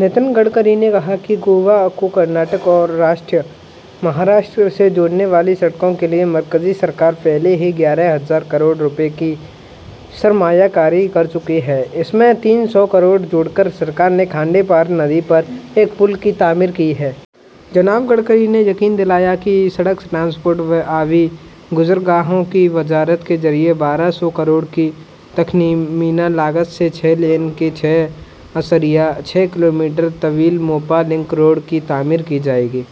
نتن گڈکری نے کہا کہ گوا کو مہاراشٹر اور کرناٹک سے جوڑنے والی سڑکوں کے لیے مرکزی سرکار پہلے ہی گیارہ ہزار کروڑ روپے کی سرمایہ کاری کر چکی ہے۔ اس میں تین سو کروڑ جوڑ کر سرکار نے کھانڈے پار ندی پر ایک پل کی تعمیر کی ہے۔ جناب گڈکری نے یقین دلایا کہ سڑک ٹرانسپورٹ و آبی گزرگاہوں کی وزارت کے ذریعے بارہ سو کروڑ کی تخمینہ لاگت سے چھ لین کے چھ اشاریہ چھ کلومیٹر طویل موپا لنک روڈ کی تعمیر کی جائے گی۔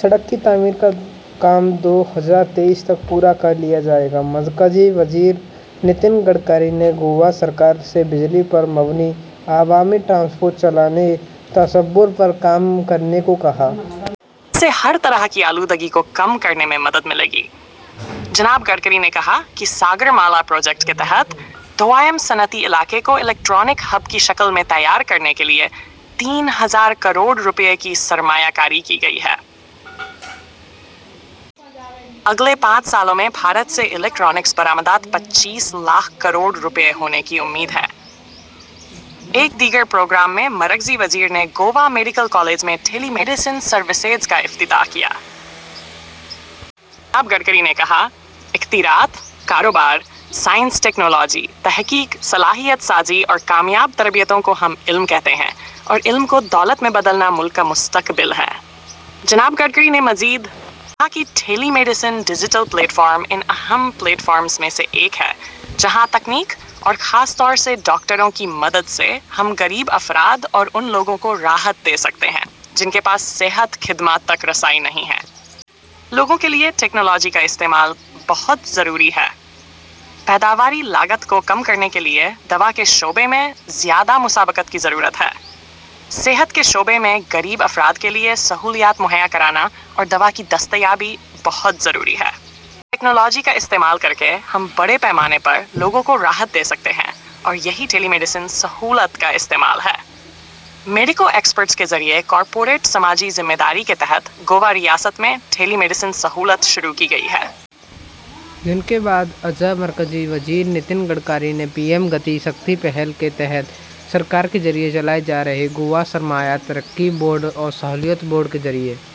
سڑک کی تعمیر کا کام دو ہزار تیئیس تک پورا کر لیا جائے گا۔ مرکزی وزیر نتن گڈکری نے گوا سرکار سے بجلی پر مبنی عوامی ٹرانسپورٹ چلانے کے تصور پر کام کرنے کو کہا۔ اس سے ہر طرح کی آلودگی کو کم کرنے میں مدد ملے گی۔ جناب گڈکری نے کہا کہ ساگر مالا پروجیکٹ کے تحت توایم صنعتی علاقے کو الیکٹرونک ہب کی شکل میں تیار کرنے کے لیے تین ہزار کروڑ روپے کی سرمایہ کاری کی گئی ہے۔ اگلے پانچ سالوں میں بھارت سے الیکٹرونکس برآمدات پچیس لاکھ کروڑ روپے ہونے کی امید ہے۔ ایک دیگر پروگرام میں مرکزی وزیر نے گوا میڈیکل کالج میں ٹیلی میڈیسن سروسز کا افتتاح کیا۔ جناب گڈکری نے کہا اختراعات، کاروبار، سائنس ٹیکنالوجی، تحقیق، صلاحیت سازی اور کامیاب تربیتوں کو ہم علم کہتے ہیں اور علم کو دولت میں بدلنا ملک کا مستقبل ہے۔ جناب گڈکری نے مزید کہا کہ telemedicine digital platform ان اہم پلیٹ فارمز میں سے ایک ہے جہاں تکنیک اور خاص طور سے ڈاکٹروں کی مدد سے ہم غریب افراد اور ان لوگوں کو راحت دے سکتے ہیں جن کے پاس صحت خدمات تک رسائی نہیں ہے۔ لوگوں کے لیے ٹیکنالوجی کا استعمال بہت ضروری ہے۔ پیداواری لاگت کو کم کرنے کے لیے دوا کے شعبے میں زیادہ مسابقت کی ضرورت ہے۔ صحت کے شعبے میں غریب افراد کے لیے سہولیات مہیا کرانا اور دوا کی دستیابی بہت ضروری ہے۔ ٹیکنالوجی کا استعمال کر کے ہم بڑے پیمانے پر لوگوں کو راحت دے سکتے ہیں اور یہی ٹیلی میڈیسن سہولت کا استعمال ہے۔ میڈیکو ایکسپرٹس کے ذریعے کارپوریٹ سماجی ذمہ داری کے تحت گوا ریاست میں ٹیلی میڈیسن سہولت شروع کی گئی ہے۔ دن میں بعد ازاں مرکزی وزیر نتن گڈکری نے پی ایم گتی شکتی پہل کے تحت سرکار کے ذریعے چلائے جا رہے گوا سرمایہ کاری ترقیاتی بورڈ اور سہولت بورڈ کے ذریعے